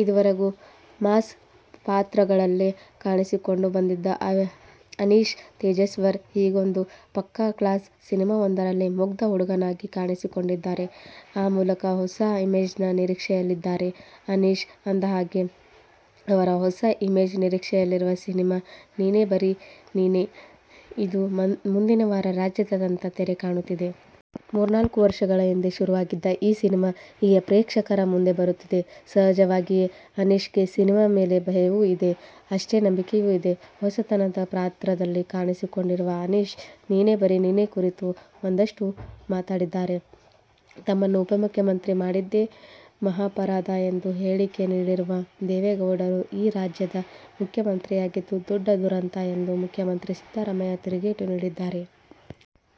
ಇದುವರೆಗೂ ಮಾಸ್ ಪಾತ್ರಗಳಲ್ಲೇ ಕಾಣಿಸಿಕೊಂಡು ಬಂದಿದ್ದ ಅನೀಶ್ ತೇಜಶ್ವರ್, ಹೀಗೊಂದು ಪಕ್ಕಾ ಕ್ಲಾಸ್ ಸಿನಿಮಾವೊಂದರಲ್ಲಿ ಮುಗ್ಧ ಹುಡುಗನಾಗಿ ಕಾಣಿಸಿಕೊಂಡಿದ್ದಾರೆ. ಆ ಮೂಲಕ ಹೊಸ ಇಮೇಜ್ನ ನಿರೀಕ್ಷೆಯಲ್ಲಿದ್ದಾರೆ ಅನೀಶ್. ಅಂದಹಾಗೆ, ಅವರು ಹೊಸ ಇಮೇಜ್ ನಿರೀಕ್ಷೆಯಲ್ಲಿರುವ ಸಿನಿಮಾ "ನೀನೇ ಬರಿ ನೀನೆ'. ಇದು ಮುಂದಿನವಾರ ರಾಜ್ಯಾದ್ಯಂತ ತೆರೆ ಕಾಣುತ್ತಿದೆ. ಮೂರ್ನಾಲ್ಕು ವರ್ಷಗಳ ಹಿಂದೆ ಶುರುವಾಗಿದ್ದ ಈ ಸಿನಿಮಾ, ಈಗ ಪ್ರೇಕ್ಷಕರ ಮುಂದೆ ಬರುತ್ತಿದೆ. ಸಹಜವಾಗಿಯೇ, ಅನೀಶ್ಗೆ ಸಿನಿಮಾ ಮೇಲೆ ಭಯವೂ ಇದೆ, ಅಷ್ಟೇ ನಂಬಿಕೆಯೂ ಇದೆ. ಹೊಸತನದ ಪಾತ್ರದಲ್ಲಿ ಕಾಣಿಸಿಕೊಂಡಿರುವ ಅನೀಶ್, "ನೀನೇ ಬರಿ ನೀನೆ' ಕುರಿತು ಒಂದಷ್ಟು ಮಾತಾಡಿದ್ದಾರೆ. ತಮ್ಮನ್ನು ಉಪಮುಖ್ಯಮಂತ್ರಿ ಮಾಡಿದ್ದೆ ಮಹಾಪರಾಧ ಎಂದು ಹೇಳಿಕೆ ನೀಡಿರುವ ದೇವೇಗೌಡರು ಈ ರಾಜ್ಯದ ಮುಖ್ಯಮಂತ್ರಿಯಾಗಿದ್ದು ದೊಡ್ಡ ದುರಂತ ಎಂದು ಮುಖ್ಯಮಂತ್ರಿ ಸಿದ್ದರಾಮಯ್ಯ ತಿರುಗೇಟು ನೀಡಿದ್ದಾರೆ.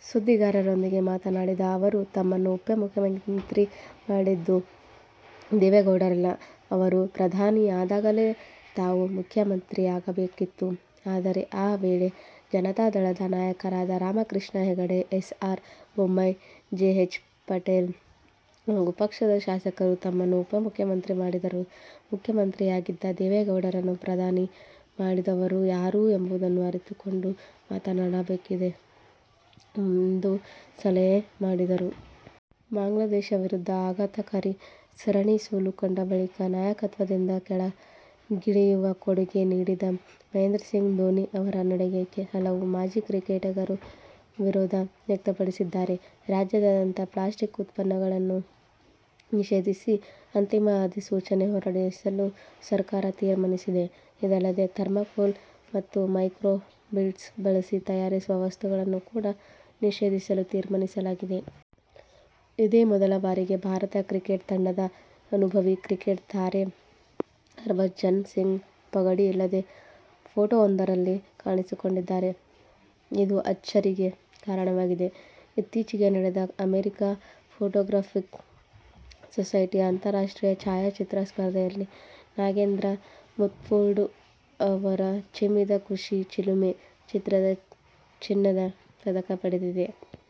ಸುದ್ದಿಗಾರರೊಂದಿಗೆ ಮಾತನಾಡಿದ ಅವರು, ತಮ್ಮನ್ನು ಉಪಮುಖ್ಯಮಂತ್ರಿ ಮಾಡಿದ್ದು ದೇವೇಗೌಡರಲ್ಲ. ಅವರು ಪ್ರಧಾನಿಯಾದಾಗಲೇ ತಾವು ಮುಖ್ಯಮಂತ್ರಿಯಾಗಬೇಕಿತ್ತು. ಆದರೆ ಆ ವೇಳೆ ಜನತಾದಳದ ನಾಯಕರಾದ Ramakrishna Hegde, S. R. Bommai, J. H. Patel ಹಾಗೂ ಪಕ್ಷದ ಶಾಸಕರು ತಮ್ಮನ್ನು ಉಪಮುಖ್ಯಮಂತ್ರಿ ಮಾಡಿದರು. ಮುಖ್ಯಮಂತ್ರಿಯಾಗಿದ್ದ ದೇವೇಗೌಡರನ್ನು ಪ್ರಧಾನಿ ಮಾಡಿದವರು ಯಾರು ಎಂಬುದನ್ನು ಅರಿತುಕೊಂಡು ಮಾತನಾಡಬೇಕೆಂದು ಸಲಹೆ ಮಾಡಿದರು. ಬಾಂಗ್ಲಾದೇಶ ವಿರುದ್ಧ ಆಘಾತಕಾರಿ ಸರಣಿ ಸೋಲು ಕಂಡ ಬಳಿಕ ನಾಯಕತ್ವದಿಂದ ಕೆಳಗಿಳಿಯುವ ಕೊಡುಗೆ ನೀಡಿದ ಮಹೇಂದ್ರ ಸಿಂಗ್ ಧೋನಿ ಅವರ ನಡೆಗೆ ಹಲವು ಮಾಜಿ ಕ್ರಿಕೆಟಿಗರು ವಿರೋಧ ವ್ಯಕ್ತಪಡಿಸಿದ್ದಾರೆ. ರಾಜ್ಯಾದ್ಯಂತ ಪ್ಲಾಸ್ಟಿಕ್ ಉತ್ಪನ್ನಗಳನ್ನು ನಿಷೇಧಿಸಿ ಅಂತಿಮ ಅಧಿಸೂಚನೆ ಹೊರಡಿಸಲು ಸರ್ಕಾರ ತೀರ್ಮಾನಿಸಿದೆ. ಇದಲ್ಲದೆ, ಥರ್ಮಾಕೋಲ್ ಮತ್ತು ಮೈಕ್ರೋ ಬೀಡ್ಸ್ ಬಳಸಿ ತಯಾರಿಸುವ ವಸ್ತುಗಳನ್ನು ಕೂಡ ನಿಷೇಧಿಸಲು ತೀರ್ಮಾನಿಸಲಾಗಿದೆ. ಇದೇ ಮೊದಲ ಬಾರಿಗೆ ಭಾರತ ಕ್ರಿಕೆಟ್ ತಂಡದ ಅನುಭವಿ ಕ್ರಿಕೆಟ್ ತಾರೆ ಹರ್ಭಜನ್ ಸಿಂಗ್ ಪಗಡಿ ಇಲ್ಲದೆ ಫೋಟೋವೊಂದರಲ್ಲಿ ಕಾಣಿಸಿಕೊಂಡಿದ್ದಾರೆ. ಇದು ಅಚ್ಚರಿಗೆ ಕಾರಣವಾಗಿದೆ. ಇತ್ತೀಚೆಗೆ ನಡೆದ ಅಮೆರಿಕ ಫೋಟೋಗ್ರಫಿಕ್ ಸೊಸೈಟಿಯ ಅಂತಾರಾಷ್ಟ್ರೀಯ ಛಾಯಾಚಿತ್ರ ಸ್ಪರ್ಧೆಯಲ್ಲಿ ನಾಗೇಂದ್ರ ಮುತ್ಮುರ್ಡು ಅವರ "ಚಿಮ್ಮಿದ ಖುಷಿ ಚಿಲುಮೆ' ಚಿತ್ರ ಚಿನ್ನದ ಪದಕ ಪಡೆದಿದೆ.